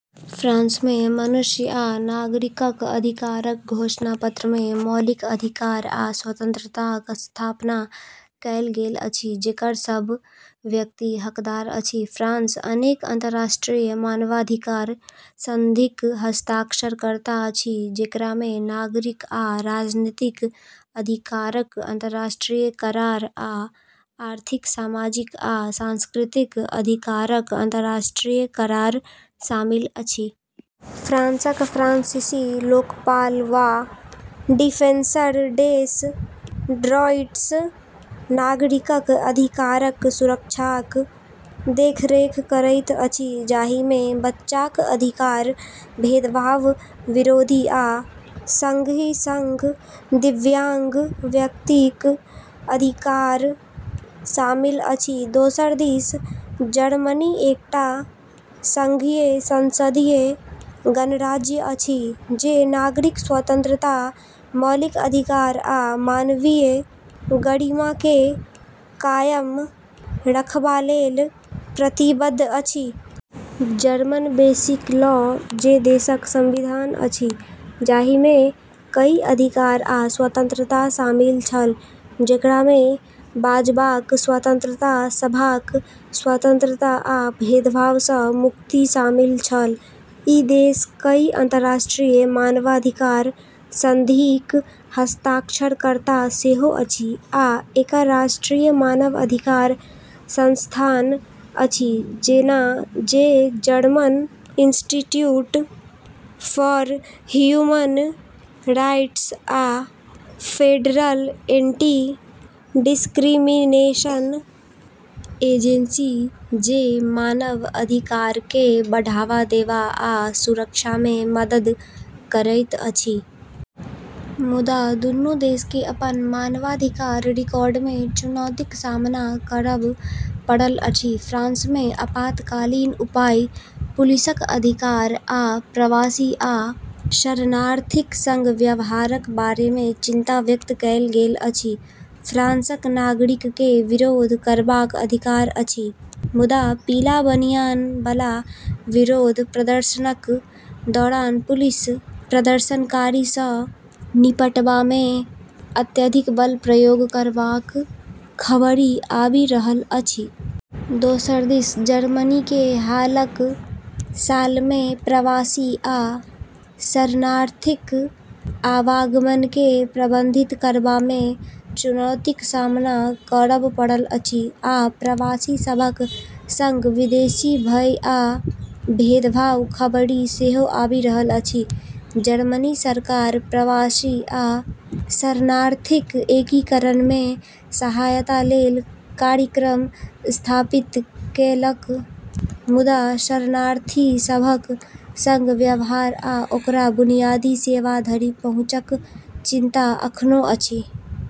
फ्रांसमे मनुष्य आ नागरिकक अधिकारक घोषणापत्रमे मौलिक अधिकार आ स्वतंत्रताक स्थापना कएल गेल अछि जेकर सभ व्यक्ति हकदार अछि। फ्रांस अनेक अंतर्राष्ट्रीय मानवाधिकार संधिक हस्ताक्षरकर्ता अछि, जेकरामे नागरिक आ राजनीतिक अधिकारक अंतर्राष्ट्रीय करार आ आर्थिक, सामाजिक आ सांस्कृतिक अधिकारक अंतर्राष्ट्रीय करार शामिल अछि। फ्रांसक फ्रांसीसी लोकपाल वा डिफेन्सर डेस ड्रॉइट्स नागरिकक अधिकारक सुरक्षाक देखरेख करैत अछि, जाहिमे बच्चाक अधिकार, भेदभाव विरोधी, आ संगहि संग दिव्यांग व्यक्तिक अधिकार शामिल अछि। दोसर दिस जर्मनी एकटा संघीय संसदीय गणराज्य अछि जे नागरिक स्वतंत्रता, मौलिक अधिकार, आ मानवीय गरिमाकेँ कायम रखबा लेल प्रतिबद्ध अछि। जर्मन बेसिक लॉ, जे देशक संविधान अछि, जाहिमे कई अधिकार आ स्वतंत्रता शामिल छल, जेकरामे बाजबाक स्वतंत्रता, सभाक स्वतंत्रता, आ भेदभाव सँ मुक्ति शामिल छल। ई देश कई अंतर्राष्ट्रीय मानवाधिकार संधिक हस्ताक्षरकर्ता सेहो अछि, आ एकर राष्ट्रीय मानव अधिकार संस्थान अछि, जेना जे German institute for human rights आ फेडरल एंटी-डिस्क्रिमिनेशन एजेंसी, जे मानव अधिकारकेँ बढ़ावा देबा आ सुरक्षामे मदद करैत अछि। मुदा दुनू देशकेँ अपन मानवाधिकार रिकॉर्डमे चुनौतीक सामना करब पड़ल अछि। फ्रांसमे आपातकालीन उपाय, पुलिसक अधिकार, आ प्रवासी आ शरणार्थीक संग व्यवहारक बारेमे चिंता व्यक्त कएल गेल अछि। फ्रांसक नागरिककेँ विरोध करबाक अधिकार अछि, मुदा पीला बनियान बला विरोध प्रदर्शनक दौरान पुलिस प्रदर्शनकारी सँ निपटबामे अत्यधिक बल प्रयोग करबाक खबरि आबि रहल अछि। दोसर दिस जर्मनीकेँ हालक सालमे प्रवासी आ शरणार्थीक आवागमनकेँ प्रबंधित करबामे चुनौतीक सामना करब पड़ल अछि, आ प्रवासी सभक संग विदेशी भय आ भेदभावक खबरि सेहो आबि रहल अछि। जर्मनी सरकार प्रवासी आ शरणार्थीक एकीकरणमे सहायता लेल कार्यक्रम स्थापित केलक, मुदा शरणार्थी सभक संग व्यवहार आ ओकरा बुनियादी सेवा धरि पहुँचक चिंता अखनो अछि।